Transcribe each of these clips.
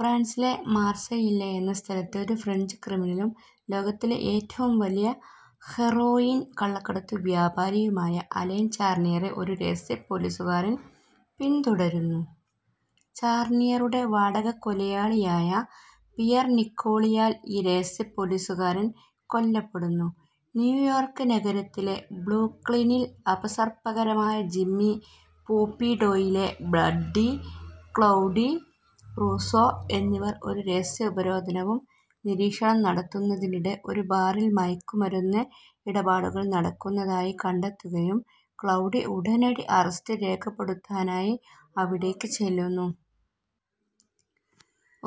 ഫ്രാൻസിലെ മാർസെയില്ലെ എന്ന സ്ഥലത്ത് ഒരു ഫ്രഞ്ച് ക്രിമിനലും ലോകത്തിലെ ഏറ്റവും വലിയ ഹെറോയിൻ കള്ളക്കടത്തു വ്യാപാരിയുമായ അലൈൻ ചാർണിയറെ ഒരു രഹസ്യപ്പോലീസുകാരൻ പിന്തുടരുന്നു. ചാർണിയറുടെ വാടകക്കൊലയാളിയായ പിയർ നിക്കോളിയാൽ ഈ രഹസ്യ പോലീസുകാരൻ കൊല്ലപ്പെടുന്നു. ന്യൂയോർക്ക് നഗരത്തിലെ ബ്രൂക്ലിനിൽ അപസർപ്പകരായ Jimmy "Popeye" Doyle, Buddy "Cloudy Russo എന്നിവർ ഒരു രഹസ്യ ഉപരോധവും നിരീക്ഷണം നടത്തുന്നതിനിടെ ഒരു ബാറിൽ മയക്കു മരുന്ന് ഇടപാടുകൾ നടക്കുന്നതായി കണ്ടെത്തുകയും ക്ലൗഡി ഉടനടി അറസ്റ്റു രേഖപ്പെടുത്താനായി അവിടേയ്ക്കു ചെല്ലുന്നു.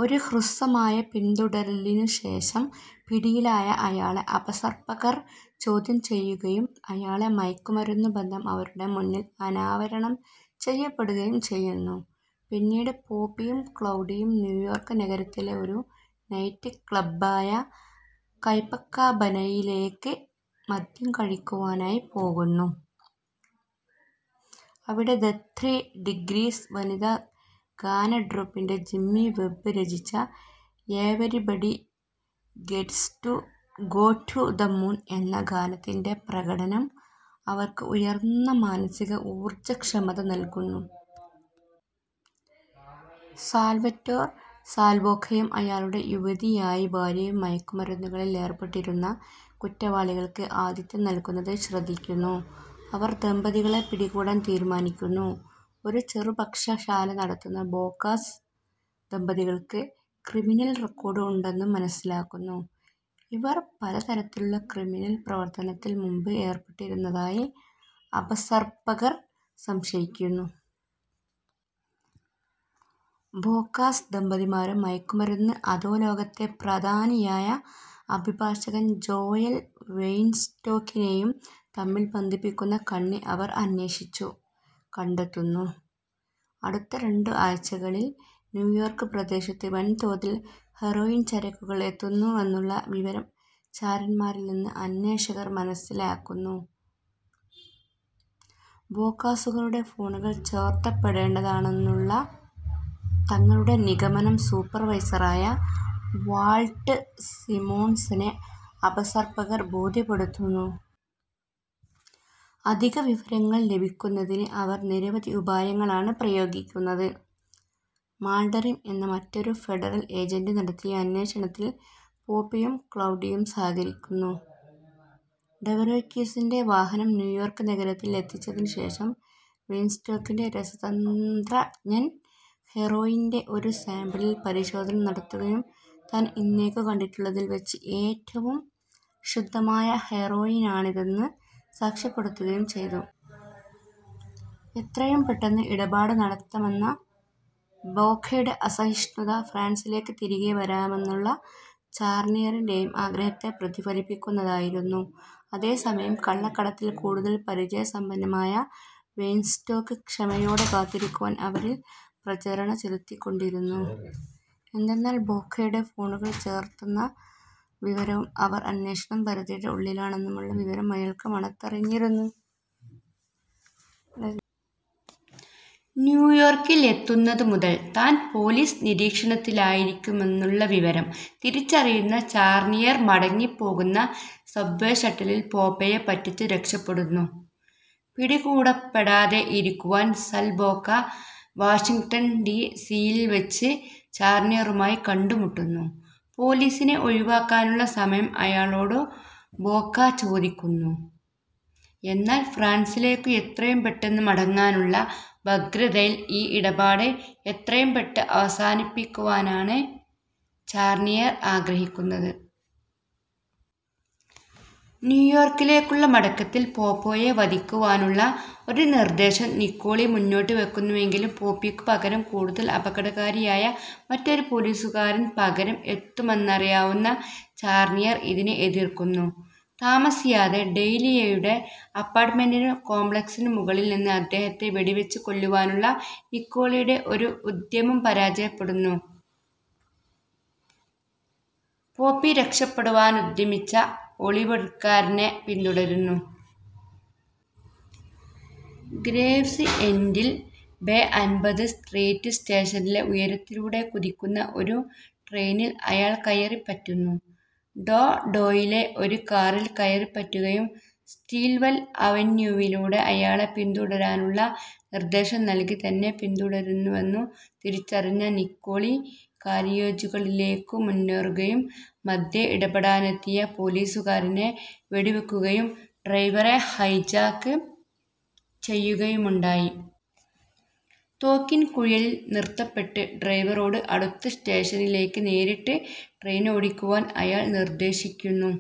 ഒരു ഹ്രസ്വമായ പിന്തുടരലിനുശേഷം പിടിയിലായ അയാളെ അപസർപ്പകർ ചോദ്യം ചെയ്യുകയും അയാളുടെ മയക്കുമരുന്നുബന്ധം അവരുടെ മുന്നിൽ അനാവരണം ചെയ്യപ്പെടുകയും ചെയ്യുന്നു. പിന്നീട്, പോപ്പിയും ക്ലൗഡിയും ന്യൂയോർക്ക് നഗരത്തിലെ ഒരു നൈറ്റ് ക്ലബ്ബായ കൊപ്പക്കാബനയിലേയ്ക്ക് മദ്യം കഴിക്കുവാനായി പോകുന്നു. അവിടെ 'ദ ത്രീ ഡിഗ്രീസ്' വനിതാ ഗാനട്രൂപ്പിൻ്റെ ജിമ്മി വെബ്ബ് രചിച്ച "Everybody Gets to Go to the Moon" എന്ന ഗാനത്തിൻ്റെ പ്രകടനം അവർക്ക് ഉയർന്ന മാനസിക ഊർജ്ജക്ഷമത നൽകുന്നു. സാൽവറ്റോർ "സാൽ" ബോക്കയും അയാളുടെ യുവതിയായി ഭാര്യയും മയക്കുമരുന്നുകളിൽ ഏർപ്പെട്ടിരുന്ന കുറ്റവാളികൾക്ക് ആതിഥ്യം നൽകുന്നത് ശ്രദ്ധിക്കുന്നു. അവർ ദമ്പതികളെ പിടികൂടാൻ തീരുമാനിക്കുന്നു. ഒരു ചെറു ഭക്ഷശാല നടത്തുന്ന ബോക്കാസ് ദമ്പതികൾക്ക് ക്രിമിനൽ റെക്കോർഡ് ഉണ്ടെന്നു മനസ്സിലാക്കുന്നു. ഇവർ പല തരത്തിലുള്ള ക്രിമിനൽ പ്രവർത്തനത്തിൽ മുമ്പ് ഏർപ്പെട്ടിരുന്നതായി അപസർപ്പകർ സംശയിക്കുന്നു. ബോക്കാസ് ദമ്പതിമാരും മയക്കു മരുന്ന് അധോലോകത്തെ പ്രധാനിയായ അഭിഭാഷകൻ ജോയൽ വെയ്ൻസ്റ്റോക്കിനേയും തമ്മിൽ ബന്ധിപ്പിക്കുന്ന കണ്ണി അവർ അന്വേഷിച്ചു കണ്ടെത്തുന്നു. അടുത്ത രണ്ടു ആഴ്ചകളിൽ ന്യൂയോർക്ക് പ്രദേശത്ത് വൻതോതിൽ ഹെറോയിൻ ചരക്കുകൾ എത്തുന്നുവെന്നുള്ള വിവരം ചാരന്മാരിൽനിന്നു അന്വേഷകർ മനസ്സിലാക്കുന്നു. ബോക്കാസുകളുടെ ഫോണുകൾ ചോർത്തപ്പേടേണ്ടതാണെന്നുള്ള തങ്ങളുടെ നിഗമനം സൂപ്പർവൈസറായ വാൾട്ട് സിമോൺസനെ അപസർപ്പകർ ബോധ്യപ്പെടുത്തുന്നു. അധിക വിവരങ്ങൾ ലഭിക്കുന്നതിന് അവർ നിരവധി ഉപായങ്ങളാണ് പ്രയോഗിക്കുന്നത്. മാൽഡെറിഗ് എന്ന മറ്റൊരു ഫെഡറൽ ഏജൻ്റ് നടത്തിയ അന്വേഷണത്തിൽ പോപ്പിയും ക്ലൗഡിയും സഹകരിക്കുന്നു. ഡെവെറ്യൂക്സിൻ്റെ വാഹനം ന്യയോർക്ക് നഗരത്തിൽ എത്തിച്ചതിനു ശേഷം വെയിൻസ്റ്റോക്കിൻ്റെ രസതന്ത്രജ്ഞൻ ഹെറോയിൻ്റെ ഒരു സാമ്പിളിൽ പരിശോധന നടത്തുകയും താൻ ഇന്നേയ്ക്കു കണ്ടിട്ടുള്ളതിൽവച്ച് ഏറ്റവും ശുദ്ധമായ ഹെറോയിനാണിതെന്നു സാക്ഷ്യപ്പെടുത്തുകയും ചെയ്തു. എത്രയും പെട്ടെന്ന് ഇടപാടു നടത്തമെന്ന ബോക്കയുടെ അസഹിഷ്ണുത ഫ്രാൻസിലേയ്ക്ക് തിരികെ വരാമെന്നുള്ള ചാർണിയറിൻ്റെയും ആഗ്രഹത്തെ പ്രതിഫലിപ്പിക്കുന്നതായിരുന്നു. അതേസമയം കള്ളക്കടത്തിൽ കൂടുതൽ പരിചയസമ്പന്നനായ വെയിൻസ്റ്റോക്ക് ക്ഷമയോടെ കാത്തിരിക്കുവാൻ അവരിൽ പ്രചരണ ചെലുത്തിക്കൊണ്ടിരുന്നു, എന്തന്നാൽ ബോക്കകളുടെ ഫോണുകൾ ചേർത്തുന്ന വിവരവും അവർ അന്വേഷണം പരിധിയുടെ ഉള്ളിലാണെന്നുമുള്ള വിവരം അയാൾക്ക് മണത്തറിഞ്ഞിരുന്നു. ന്യൂയോർക്കിൽ എത്തുന്നതു മുതൽ താൻ പോലീസ് നിരീക്ഷണത്തിലായിരിക്കുമെന്നുള്ള വിവരം തിരിച്ചറിയുന്ന ചാർണിയർ മടങ്ങിപ്പോകുന്ന സബ്വേ ഷട്ടലിൽ പോപ്പെയെ പറ്റിച്ചു രക്ഷപെടുന്നു. പിടികൂടപ്പെടാതെയിരിക്കുവാൻ സാൽ ബോക്ക വാഷിംഗ്ടൺ ഡി. സിയിൽവെച്ച് ചാർണിയറുമായി കണ്ടുമുട്ടുന്നു. പോലീസിനെ ഒഴിവാക്കാനുള്ള സമയം അയാളോടു ബോക്കാ ചോദിക്കുന്നു. എന്നാൽ ഫ്രാൻസിലേയക്കു എത്രയും പെട്ടന്ന് മടങ്ങാനുള്ള വ്യഗ്രതയിൽ ഈ ഇടപാട് എത്രയും പെട്ടെന്നു അവസാനിപ്പിക്കുവാനാണ് ചാർണിയർ ആഗ്രഹിക്കുന്നത്. ന്യൂയോർക്കിലേക്കുള്ള മടക്കത്തിൽ പോപ്പേയെ വധിക്കുവാനുള്ള ഒരു നിർദ്ദേശം നിക്കോളി മുന്നോട്ടുവയക്കുന്നുവെങ്കിലും പോപ്പിയ്ക്കു പകരം കൂടുതൽ അപകടകാരിയായ മറ്റൊരു പോലീസുകാരൻ പകരം എത്തുമെന്നറിയാവുന്ന ചാർണിയർ ഇതിനെ എതിർക്കുന്നു. താമസിയാതെ, ഡോയിലെയുടെ അപ്പാർട്ടമെനൻ്റ് കോംപ്ലക്സിനു മുകളിൽനിന്ന് അദ്ദേഹത്തെ വെടിവച്ചു കൊല്ലുവാനുള്ള നിക്കോളിയുടെ ഒരു ഉദ്ധ്യമം പരാജയപ്പെടുന്നു. പോപ്പി രക്ഷപെടുവാനുദ്ധ്യമിച്ച ഒളിവെടിക്കാരനെ പിന്തുടരുന്നു. ഗ്രേവ്സ്എൻ്റിൽ, ബേ അൻപത് സ്ട്രീറ്റ് സ്റ്റേഷനിലെ ഉയരത്തിലൂടെ കുതിക്കുന്ന ഒരു ട്രെയിനിൽ അയാൾ കയറിപ്പറ്റുന്നു. ഡോ ഡോയിലെ ഒരു കാറിൽ കയറിപ്പറ്റുകയും സ്റ്റീൽവെൽ അവന്യൂവിലൂടെ അയാളെ പിന്തുടരാനുമുള്ള നിർദ്ദേശം നൽകി. തന്നെ പിന്തുടരുന്നുവെന്നു തിരിച്ചറിഞ്ഞ നിക്കോളി, കാരിയേജുകളിലേയ്ക്കു മുന്നേറുകയും മദ്ധ്യേ ഇടപെടാനെത്തിയ പോലീസുകാരനെ വെടിവയ്ക്കുകയും ഡ്രൈവറെ ഹൈജാക്ക് ചെയ്യുകയുമുണ്ടായി. തോക്കിൻ കുഴലിൽ നിർത്തപ്പെട്ട് ഡ്രൈവറോട് അടുത്ത സ്റ്റേഷനിലേയ്ക്ക് നേരിട്ട് ട്രെയിനോടിക്കുവാൻ അയാൾ നിർദ്ദേശിക്കുന്നു.